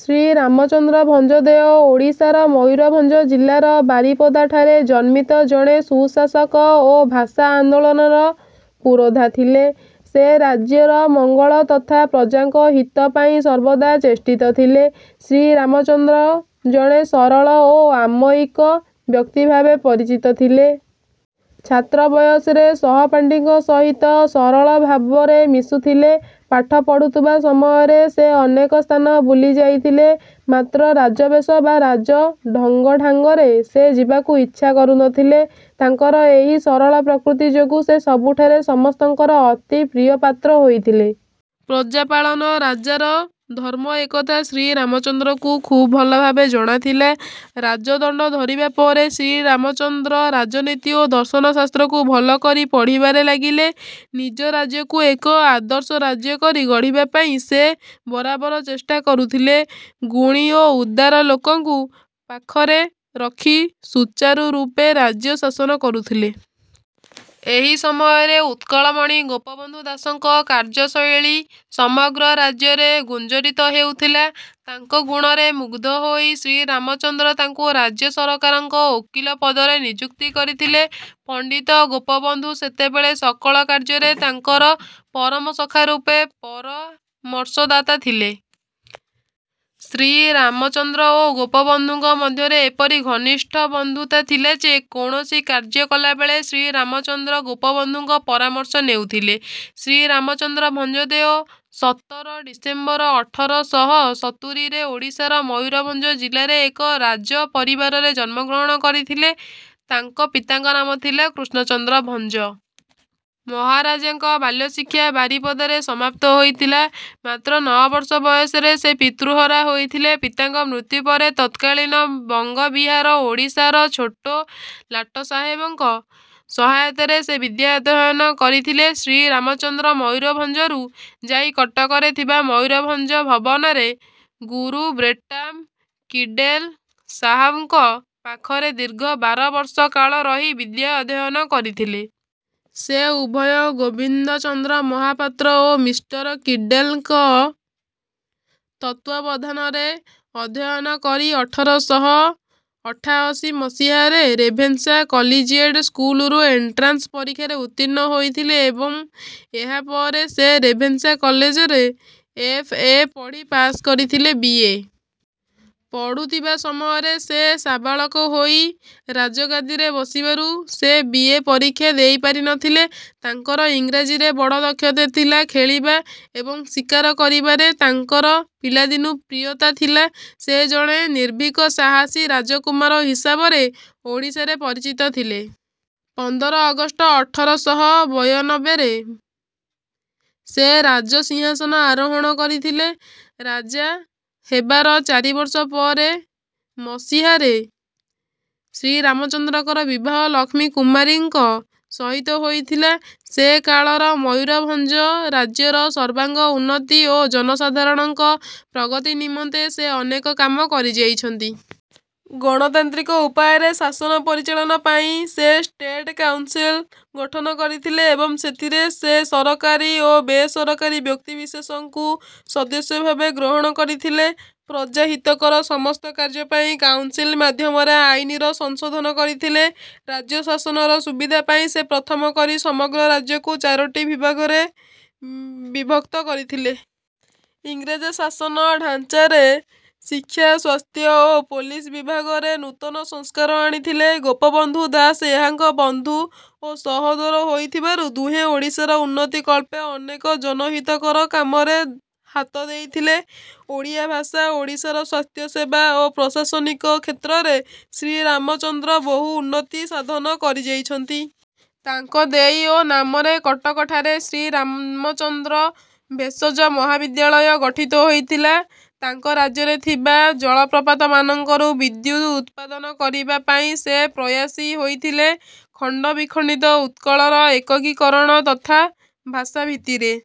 ଶ୍ରୀରାମ ଚନ୍ଦ୍ର ଭଞ୍ଜଦେଓ ଓଡ଼ିଶାର ମୟୂରଭଞ୍ଜ ଜିଲ୍ଲାର ବାରିପଦାଠାରେ ଜନ୍ମିତ ଜଣେ ସୁଶାସକ ଓ ଭାଷା ଆନ୍ଦୋଳନର ପୁରୋଧା ଥିଲେ। ସେ ରାଜ୍ୟର ମଙ୍ଗଳ ତଥା ପ୍ରଜାଙ୍କ ହିତ ପାଇଁ ସର୍ବଦା ଚେଷ୍ଟିତ ଥିଲେ। ଶ୍ରୀରାମଚନ୍ଦ୍ର ଜଣେ ସରଳ ଓ ଅମାୟିକ ବ୍ୟକ୍ତି ଭାବେ ପରିଚିତ ଥିଲେ। ଛାତ୍ର ବୟସରେ ସହପାଠୀଙ୍କ ସହିତ ସରଳ ଭାବରେ ମିଶୁଥିଲେ। ପାଠ ପଢୁଥିବା ସମୟରେ ସେ ଅନେକ ସ୍ଥାନ ବୁଲି ଯାଇଥିଲେ। ମାତ୍ର ରାଜବେଶ ବା ରାଜ ଢଙ୍ଗଢାଙ୍ଗରେ ସେ ଯିବାକୁ ଇଚ୍ଛା କରୁନଥିଲେ। ତାଙ୍କର ଏହି ସରଳ ପ୍ରକୃତି ଯୋଗୁଁ ସେ ସବୁଠାରେ ସମସ୍ତଙ୍କର ଅତି ପ୍ରିୟପାତ୍ର ହୋଇଥିଲେ। ପ୍ରଜା ପାଳନ ରାଜାର ଧର୍ମ ଏ କଥା ଶ୍ରୀରାମଚନ୍ଦ୍ରଙ୍କୁ ଖୁବ୍ ଭଲଭାବେ ଜଣାଥିଲା। ରାଜଦଣ୍ଡ ଧରିବା ପରେ ଶ୍ରୀରାମଚନ୍ଦ୍ର ରାଜନୀତି ଓ ଦର୍ଶନଶାସ୍ତ୍ରକୁ ଭଲକରି ପଢ଼ିବାରେ ଲାଗିଲେ। ନିଜ ରାଜ୍ୟକୁ ଏକ ଆଦର୍ଶ ରାଜ୍ୟ କରି ଗଢ଼ିବା ପାଇଁ ସେ ବରାବର ଚେଷ୍ଟା କରୁଥିଲେ। ଗୁଣି ଓ ଉଦାର ଲୋକଙ୍କୁ ପାଖରେ ରଖି ସୁଚାରୁ ରୂପେ ରାଜ୍ୟ ଶାସନ କରୁଥିଲେ। ଏହି ସମୟରେ ଉତ୍କଳମଣି ଗୋପବନ୍ଧୁ ଦାସଙ୍କ କାର୍ଯ୍ୟଶୈଳୀ ସମଗ୍ର ରାଜ୍ୟରେ ଗୁଞ୍ଜରିତ ହେଉଥିଲା। ତାଙ୍କ ଗୁଣରେ ମୁଗ୍ଧ ହୋଇ ଶ୍ରୀରାମଚନ୍ଦ୍ର ତାଙ୍କୁ ରାଜ୍ୟ ସରକାରଙ୍କ ଓକିଲ ପଦରେ ନିଯୁକ୍ତି କରିଥିଲେ। ପଣ୍ଡିତ ଗୋପବନ୍ଧୁ ସେତେବେଳେ ସକଳ କାର୍ଯ୍ୟରେ ତାଙ୍କର ପରମ ସଖା ରୂପେ ପରାମର୍ଶଦାତା ଥିଲେ। ଶ୍ରୀରାମଚନ୍ଦ୍ର ଓ ଗୋପବନ୍ଧୁଙ୍କ ମଧ୍ୟରେ ଏପରି ଘନିଷ୍ଠ ବନ୍ଧୁତା ଥିଲାଯେ କୌଣସି କାର୍ଯ୍ୟ କଲାବେଳେ ଶ୍ରୀରାମଚନ୍ଦ୍ର ଗୋପବନ୍ଧୁଙ୍କ ପରାମର୍ଶ ନେଉଥିଲେ। ଶ୍ରୀରାମ ଚନ୍ଦ୍ର ଭଞ୍ଜଦେଓ ସତର ଡିସେମ୍ବର ଅଠର ଶହ ସତୁରିରେ ଓଡ଼ିଶାର ମୟୂରଭଞ୍ଜ ଜିଲ୍ଲାରେ ଏକ ରାଜ ପରିବାରରେ ଜନ୍ମ ଗ୍ରହଣ କରିଥିଲେ। ତାଙ୍କ ପିତାଙ୍କ ନାମ ଥିଲା କୃଷ୍ଣଚନ୍ଦ୍ର ଭଞ୍ଜ। ମହାରାଜାଙ୍କ ବାଲ୍ୟଶିକ୍ଷା ବାରିପଦାରେ ସମାପ୍ତ ହୋଇଥିଲା। ମାତ୍ର ନଅ ବର୍ଷ ବୟସରେ ସେ ପିତୃହରା ହୋଇଥିଲେ। ପିତାଙ୍କ ମୃତ୍ୟୁ ପରେ ତତ୍କାଳୀନ ବଙ୍ଗବିହାରଓଡ଼ିଶାର ଛୋଟ ଲାଟସାହେବଙ୍କ ସହାୟତାରେ ସେ ବିଦ୍ୟା ଅଧ୍ୟୟନ କରିଥିଲେ। ଶ୍ରୀରାମଚନ୍ଦ୍ର ମୟୂରଭଞ୍ଜରୁ ଯାଇ କଟକରେ ଥିବା ମୟୂରଭଞ୍ଜ ଭବନରେ ଗୁରୁ ବ୍ରେଟାମ୍ କିଡ଼େଲ୍ ସାହାବଙ୍କ ପାଖରେ ଦୀର୍ଘ ବାରବର୍ଷ କାଳ ରହି ବିଦ୍ୟା ଅଧ୍ୟୟନ କରିଥିଲେ। ସେ ଉଭୟ ଗୋବିନ୍ଦଚନ୍ଦ୍ର ମହାପାତ୍ର ଓ ମିଷ୍ଟର କିଡେଲଙ୍କ ତତ୍ତ୍ୱାବଧାନରେ ଅଧ୍ୟୟନ କରି ଅଠର ଶହ ଅଠାଅଶୀ ମସିହାରେ ରେଭେନ୍ସା କଲେଜିଏଟ୍ ସ୍କୁଲରୁ ଏଣ୍ଟ୍ରାନ୍ସ ପରୀକ୍ଷାରେ ଉତ୍ତୀର୍ଣ୍ଣ ହୋଇଥିଲେ ଏବଂ ଏହାପରେ ସେ ରେଭେନ୍ସା କଲେଜରେ ଏଫ. ଏ. ପଢ଼ି ପାଶ୍ କରିଥିଲେ ବି. ଏ. ପଢ଼ୁଥିବା ସମୟରେ ସେ ସାବାଳକ ହୋଇ ରାଜଗାଦିରେ ବସିବାରୁ ସେ ବି. ଏ. ପରୀକ୍ଷା ଦେଇ ପାରିନଥିଲେ। ତାଙ୍କର ଇଂରାଜୀରେ ବଡ଼ ଦକ୍ଷତା ଥିଲା ଖେଳିବା ଏବଂ ଶିକାର କରିବାରେ ତାଙ୍କର ପିଲାଦିନୁ ପ୍ରିୟତା ଥିଲା। ସେ ଜଣେ ନିର୍ଭୀକ ସାହସୀ ରାଜକୁମାର ହିସାବରେ ଓଡ଼ିଶାରେ ପରିଚିତ ଥିଲେ। ପନ୍ଦର ଅଗଷ୍ଟ ଅଠର ଶହ ବୟନବେରେ ସେ ରାଜ ସିଂହାସନ ଆରୋହଣ କରିଥିଲେ। ରାଜା ହେବାର ଚାରିବର୍ଷ ପରେ ମସିହାରେ ଶ୍ରୀରାମଚନ୍ଦ୍ରଙ୍କର ବିବାହ ଲକ୍ଷ୍ମୀ କୁମାରୀଙ୍କ ସହିତ ହୋଇଥିଲା। ସେକାଳର ମୟୂରଭଞ୍ଜ ରାଜ୍ୟର ସର୍ବାଙ୍ଗ ଉନ୍ନତି ଓ ଜନସାଧାରଣଙ୍କ ପ୍ରଗତି ନିମନ୍ତେ ସେ ଅନେକ କାମ କରିଯାଇଛନ୍ତି। ଗଣତାନ୍ତ୍ରିକ ଉପାୟରେ ଶାସନ ପରିଚାଳନା ପାଇଁ ସେ ଷ୍ଟେଟ୍ କାଉନ୍ସିଲ୍ ଗଠନ କରିଥିଲେ ଏବଂ ସେଥିରେ ସେ ସରକାରୀ ଓ ବେସରକାରୀ ବ୍ୟକ୍ତିବିଶେଷଙ୍କୁ ସଦସ୍ୟଭାବେ ଗ୍ରହଣ କରିଥିଲେ। ପ୍ରଜା ହିତକର ସମସ୍ତ କାର୍ଯ୍ୟ ପାଇଁ କାଉନ୍ସିଲ୍ ମାଧ୍ୟମରେ ଆଇନର ସଂଶୋଧନ କରିଥିଲେ। ରାଜ୍ୟ ଶାସନର ସୁବିଧା ପାଇଁ ସେ ପ୍ରଥମ କରି ସମଗ୍ର ରାଜ୍ୟକୁ ଚାରିଟି ବିଭାଗରେ ବିଭକ୍ତ କରିଥିଲେ। ଇଂରେଜ ଶାସନ ଢ଼ାଞ୍ଚାରେ ଶିକ୍ଷା ସ୍ୱାସ୍ଥ୍ୟ ଓ ପୋଲିସ୍ ବିଭାଗରେ ନୂତନ ସଂସ୍କାର ଆଣିଥିଲେ। ଗୋପବନ୍ଧୁ ଦାସ ଏହାଙ୍କ ବନ୍ଧୁ ଓ ସହୋଦର ହୋଇଥିବାରୁ ଦୁହେଁ ଓଡ଼ିଶାର ଉନ୍ନତି କଳ୍ପେ ଅନେକ ଜନହିତକର କାମରେ ହାତ ଦେଇଥିଲେ। ଓଡ଼ିଆ ଭାଷା ଓଡ଼ିଶାରେ ସ୍ୱାସ୍ଥ୍ୟସେବା ଓ ପ୍ରଶାସନିକ କ୍ଷେତ୍ରରେ ଶ୍ରୀରାମ ଚନ୍ଦ୍ର ବହୁ ଉନ୍ନତି ସାଧନ କରିଯାଇଛନ୍ତି। ତାଙ୍କ ଦେଇ ଓ ନାମରେ କଟକଠାରେ ଶ୍ରୀରାମଚନ୍ଦ୍ର ଭେଷଜ ମହାବିଦ୍ୟାଳୟ ଗଠିତ ହୋଇଥିଲା। ତାଙ୍କ ରାଜ୍ୟରେ ଥିବା ଜଳପ୍ରପାତମାନଙ୍କରୁ ବିଦ୍ୟୁତ୍ ଉତ୍ପାଦନ କରିବା ପାଇଁ ସେ ପ୍ରୟାସୀ ହୋଇଥିଲେ। ଖଣ୍ଡବିଖଣ୍ଡିତ ଉତ୍କଳର ଏକକୀକରଣ ତଥା ଭାଷାଭିତ୍ତିରେ-